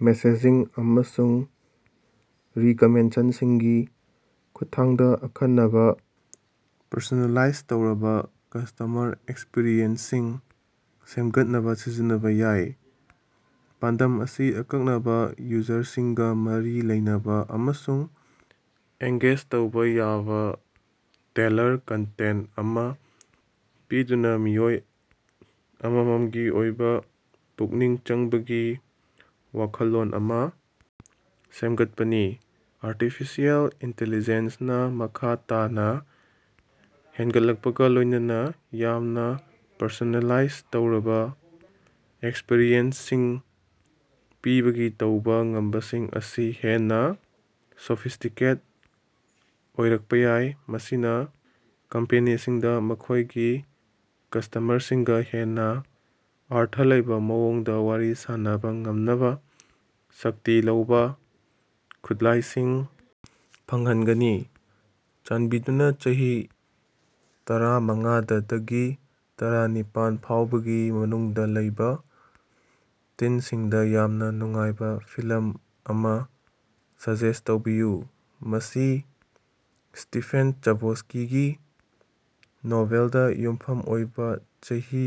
Messaging ꯑꯃꯁꯨꯡ ꯔꯤꯀꯃꯦꯟꯗꯦꯁꯟꯁꯤꯡꯒꯤ ꯈꯨꯠꯊꯥꯡꯗꯥ ꯑꯈꯟꯅꯕꯥ ꯄꯔꯁꯣꯅꯦꯂꯥꯏꯖ ꯇꯧꯔꯕꯥ ꯀꯁꯇꯃꯔ ꯑꯦꯛꯁꯄꯤꯔꯤꯑꯦꯟꯁꯁꯤꯡ ꯁꯦꯝꯒꯠꯅꯕꯥ ꯁꯤꯖꯤꯟꯅꯕꯥ ꯌꯥꯏ꯫ ꯄꯥꯟꯗꯝ ꯑꯁꯤ ꯑꯀꯛꯅꯕꯥ ꯌꯨꯖꯔꯁꯤꯡꯒꯥ ꯃꯔꯤ ꯂꯩꯅꯕꯥ ꯑꯃꯁꯨꯡ ꯑꯦꯡꯒꯦꯖ ꯇꯧꯕꯥ ꯌꯥꯕꯥ ꯇꯦꯜꯂꯔ ꯀꯟꯇꯦꯟꯠ ꯑꯃꯥ ꯄꯤꯗꯨꯅꯥ ꯃꯤꯑꯣꯏ ꯑꯃꯃꯝꯒꯤ ꯑꯣꯏꯕꯥ ꯄꯨꯛꯅꯤꯡ ꯆꯪꯕꯒꯤ ꯋꯥꯈꯜꯂꯣꯟ ꯑꯃꯥ ꯁꯦꯝꯒꯠꯄꯅꯤ꯫ ꯑꯥꯔꯇꯤꯐꯤꯁꯤꯌꯦꯜ ꯏꯟꯇꯤꯂꯤꯖꯦꯟꯁꯅꯥ ꯃꯈꯥ ꯇꯥꯅꯥ ꯍꯦꯟꯒꯠꯂꯛꯄꯒꯥ ꯂꯣꯏꯅꯅꯥ ꯌꯥꯝꯅꯥ ꯄꯔꯁꯣꯅꯦꯂꯥꯏꯖ ꯇꯧꯔꯕꯥ ꯑꯦꯛꯁꯄꯔꯤꯌꯦꯟꯁꯁꯤꯡ ꯄꯤꯕꯒꯤ ꯇꯧꯕꯥ ꯉꯝꯕꯁꯤꯡ ꯑꯁꯤ ꯍꯦꯟꯅꯥ ꯁꯣꯐꯤꯁ꯭ꯇꯤꯀꯦꯠ ꯑꯣꯏꯔꯛꯄꯥ ꯌꯥꯏ ꯃꯁꯤꯅꯥ ꯀꯝꯄꯦꯅꯤꯁꯤꯡꯗꯥ ꯃꯈꯣꯏꯒꯤ ꯀꯁꯇꯃꯔꯁꯤꯡꯒꯥ ꯍꯦꯟꯅꯥ ꯑꯔꯊ ꯂꯩꯕꯥ ꯃꯑꯣꯡꯗꯥ ꯋꯥꯔꯤ ꯁꯥꯟꯅꯕꯥ ꯉꯝꯅꯕꯥ ꯁꯛꯇꯤ ꯂꯩꯕꯥ ꯈꯨꯠꯂꯥꯏꯁꯤꯡ ꯐꯪꯍꯟꯒꯅꯤ꯫ ꯆꯥꯟꯕꯤꯗꯨꯅꯥ ꯆꯍꯤ ꯇꯔꯥꯃꯉꯥꯗꯗꯒꯤ ꯇꯔꯥꯅꯤꯄꯥꯟ ꯐꯥꯎꯕꯒꯤ ꯃꯅꯨꯡꯗꯥ ꯂꯩꯕꯥ ꯇꯤꯟꯁꯤꯡꯗꯥ ꯌꯥꯝꯅꯥ ꯅꯨꯡꯉꯥꯏꯕꯥ ꯐꯤꯂꯝ ꯑꯃꯥ ꯁꯖꯦꯁ꯭ꯠ ꯇꯧꯕꯤꯌꯨ꯫ ꯃꯁꯤ ꯁ꯭ꯇꯤꯐꯦꯟ ꯆꯕꯣꯁ꯭ꯀꯤꯒꯤ ꯅꯣꯚꯦꯜꯗꯥ ꯌꯨꯝꯐꯝ ꯑꯣꯏꯕꯥ ꯆꯍꯤ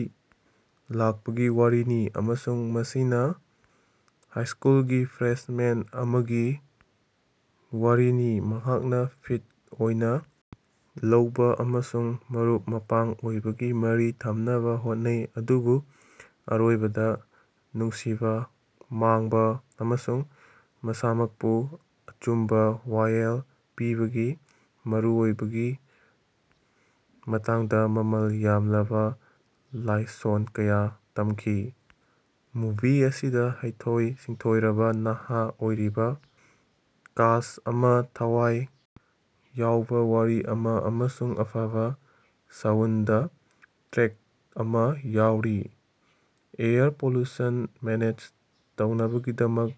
ꯂꯥꯛꯄꯒꯤ ꯋꯥꯔꯤꯅꯤ ꯑꯃꯁꯨꯡ ꯃꯁꯤꯅꯥ ꯍꯥꯏꯁ꯭ꯀꯨꯜꯒꯤ ꯐ꯭ꯔꯦꯁꯃꯦꯟ ꯑꯃꯒꯤ ꯋꯥꯔꯤꯅꯤ ꯃꯍꯥꯛꯅꯥ ꯐꯤꯠ ꯑꯣꯏꯅꯥ ꯂꯩꯕꯥ ꯑꯃꯁꯨꯡ ꯃꯔꯨꯞ ꯃꯄꯥꯡ ꯑꯣꯏꯕꯒꯤ ꯃꯔꯤ ꯊꯝꯅꯕꯥ ꯍꯣꯠꯅꯩ ꯑꯗꯨꯕꯨ ꯑꯔꯣꯏꯕꯗꯥ ꯅꯨꯡꯁꯤꯕꯥ ꯃꯥꯡꯕꯥ ꯑꯃꯁꯨꯡ ꯃꯁꯥꯃꯛꯄꯨ ꯑꯆꯨꯝꯕꯥ ꯋꯥꯌꯦꯜ ꯄꯤꯕꯒꯤ ꯃꯔꯨꯑꯣꯏꯕꯒꯤ ꯃꯇꯥꯡꯗꯥ ꯃꯃꯜ ꯌꯥꯝꯂꯕꯥ ꯂꯥꯏꯁꯣꯟ ꯀꯌꯥ ꯇꯝꯈꯤ꯫ ꯃꯨꯚꯤ ꯑꯁꯤꯗꯥ ꯍꯩꯊꯣꯏ ꯁꯤꯡꯊꯣꯏꯔꯕꯥ ꯅꯍꯥ ꯑꯣꯏꯔꯤꯕꯥ ꯀꯥꯁ꯭ꯠ ꯑꯃꯥ ꯊꯋꯥꯏ ꯌꯥꯎꯕꯥ ꯋꯥꯔꯤ ꯑꯃꯥ ꯑꯃꯁꯨꯡ ꯑꯐꯕꯥ ꯁꯥꯎꯟꯗ ꯇ꯭ꯔꯦꯛ ꯑꯃꯥ ꯌꯥꯎꯔꯤ꯫ ꯑꯦꯌꯔ ꯄꯣꯂꯨꯁꯟ ꯃꯦꯅꯦꯖ ꯇꯧꯅꯕꯒꯤꯗꯃꯛ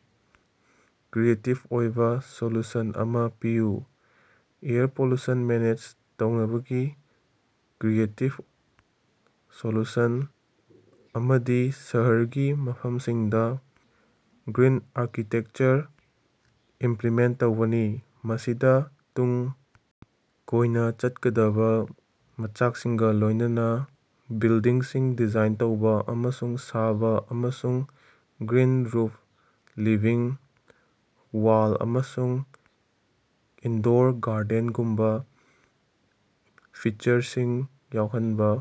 ꯀ꯭ꯔꯤꯌꯦꯇꯤꯕ ꯑꯣꯏꯕꯥ ꯁꯣꯂꯨꯁꯟ ꯑꯃꯥ ꯄꯤꯌꯨ꯫ ꯑꯦꯌꯔ ꯄꯣꯂꯨꯁꯟ ꯃꯦꯅꯦꯖ ꯇꯧꯅꯕꯒꯤ ꯀ꯭ꯔꯤꯌꯦꯇꯤꯕ ꯁꯣꯂꯨꯁꯟ ꯑꯃꯗꯤ ꯁꯍꯔꯒꯤ ꯃꯐꯝꯁꯤꯡꯗꯥ ꯒ꯭ꯔꯤꯟ ꯑꯥꯔꯀꯤꯇꯦꯛꯆꯔ ꯏꯝꯄ꯭ꯂꯤꯃꯦꯟꯠ ꯇꯧꯕꯅꯤ꯫ ꯃꯁꯤꯗꯥ ꯇꯨꯡ ꯀꯣꯏꯅꯥ ꯆꯠꯀꯗꯕꯥ ꯃꯆꯥꯛꯁꯤꯡꯒꯥ ꯂꯣꯏꯅꯅꯥ ꯕꯤꯜꯗꯤꯡꯁꯤꯡ ꯗꯤꯖꯥꯏꯟ ꯇꯧꯕꯥ ꯑꯃꯁꯨꯡ ꯁꯥꯕꯥ ꯑꯃꯁꯨꯡ ꯒ꯭ꯔꯤꯟ ꯔꯨꯐ ꯂꯤꯚꯤꯡ ꯋꯥꯜ ꯑꯃꯁꯨꯡ ꯏꯟꯗꯣꯔ ꯒꯥꯔꯗꯦꯟꯒꯨꯝꯕꯥ ꯐꯤꯆꯔꯁꯤꯡ ꯌꯥꯎꯍꯟꯕꯥ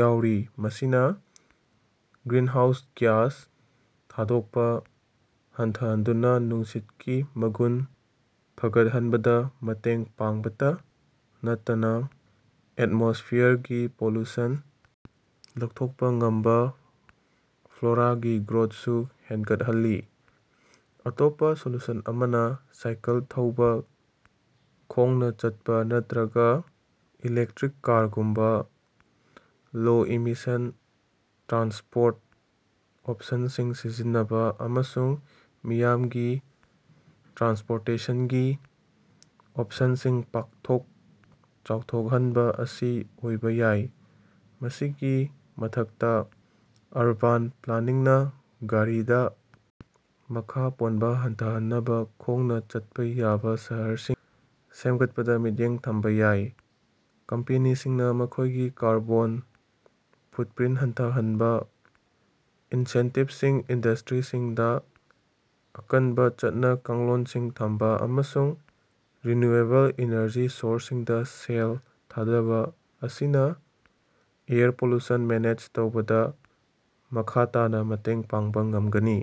ꯌꯥꯎꯔꯤ꯫ ꯃꯁꯤꯅꯥ ꯒ꯭ꯔꯤꯟꯍꯥꯎꯁ ꯒ꯭ꯌꯥꯁ ꯊꯥꯗꯣꯛꯄꯥ ꯍꯟꯊꯍꯟꯗꯨꯅꯥ ꯅꯨꯡꯁꯤꯠꯀꯤ ꯃꯒꯨꯟ ꯐꯒꯠꯍꯟꯕꯗꯥ ꯃꯇꯦꯡ ꯄꯥꯡꯕꯇꯥ ꯅꯠꯇꯅꯥ ꯑꯦꯠꯃꯣꯁ꯭ꯐꯤꯌꯔꯗꯒꯤ ꯄꯣꯂꯨꯁꯟ ꯂꯧꯊꯣꯛꯄꯥ ꯉꯝꯕꯥ ꯐ꯭ꯂꯣꯔꯥꯒꯤ ꯒ꯭ꯔꯣꯊꯁꯨ ꯍꯦꯟꯒꯠꯍꯜꯂꯤ꯫ ꯑꯇꯣꯞꯄꯥ ꯁꯣꯂꯨꯁꯟ ꯑꯃꯅꯥ ꯁꯥꯏꯀꯜ ꯊꯧꯕꯥ ꯈꯣꯡꯅꯥ ꯆꯠꯄꯥ ꯅꯠꯇ꯭ꯔꯒꯥ ꯏꯂꯦꯛꯇ꯭ꯔꯤꯛ ꯀꯥꯔꯒꯣꯒꯨꯝꯕꯥ ꯂꯣ-ꯏꯃꯤꯁꯟ ꯇ꯭ꯔꯥꯟꯁꯄꯣꯔꯠ ꯑꯣꯞꯁꯟꯁꯤꯡ ꯁꯤꯖꯤꯟꯅꯕꯥ ꯑꯃꯁꯨꯡ ꯃꯤꯌꯥꯝꯒꯤ ꯇ꯭ꯔꯥꯟꯁꯄꯣꯔꯇꯦꯁꯟꯒꯤ ꯑꯣꯞꯁꯟꯁꯤꯡ ꯄꯥꯛꯊꯣꯛ ꯆꯥꯎꯊꯣꯛꯍꯟꯕꯥ ꯑꯁꯤ ꯑꯣꯏꯕꯥ ꯌꯥꯏ꯫ ꯃꯁꯤꯒꯤ ꯃꯊꯛꯇꯥ ꯑꯔꯕꯥꯟ ꯄ꯭ꯂꯥꯅꯤꯡꯅꯥ ꯒꯥꯔꯤꯗꯥ ꯃꯈꯥ ꯄꯣꯟꯕꯥ ꯍꯟꯊꯍꯟꯅꯕꯥ ꯈꯣꯡꯅꯥ ꯆꯠꯄꯥ ꯌꯥꯕꯥ ꯁꯍꯔꯁꯤꯡ ꯁꯦꯝꯒꯠꯄꯗꯥ ꯃꯤꯠꯌꯦꯡ ꯊꯝꯕꯥ ꯌꯥꯏ꯫ ꯀꯝꯄꯦꯅꯤꯁꯤꯡꯅꯥ ꯃꯈꯣꯏꯒꯤ ꯀꯥꯔꯕꯣꯟ ꯐꯨꯠꯄ꯭ꯔꯤꯟꯠ ꯍꯟꯊꯍꯟꯅꯕꯥ ꯏꯟꯁꯦꯟꯇꯤꯕꯁꯤꯡ ꯏꯟꯗꯁꯇ꯭ꯔꯤꯁꯤꯡꯗꯥ ꯑꯀꯟꯕꯥ ꯆꯠꯅ ꯀꯥꯡꯂꯣꯟꯁꯤꯡ ꯊꯝꯕꯥ ꯑꯃꯁꯨꯡ ꯔꯤꯅ꯭ꯌꯨꯑꯦꯕꯜ ꯏꯅꯔꯖꯤ ꯁꯣꯔꯁꯁꯤꯡꯗꯥ ꯁꯦꯜ ꯊꯥꯗꯕꯥ ꯑꯁꯤꯅꯥ ꯑꯦꯌꯔ ꯄꯣꯂꯨꯁꯟ ꯃꯦꯅꯦꯖ ꯇꯧꯕꯗꯥ ꯃꯈꯥ ꯇꯥꯅꯥ ꯃꯇꯦꯡ ꯄꯥꯡꯕꯥ ꯉꯝꯒꯅꯤ꯫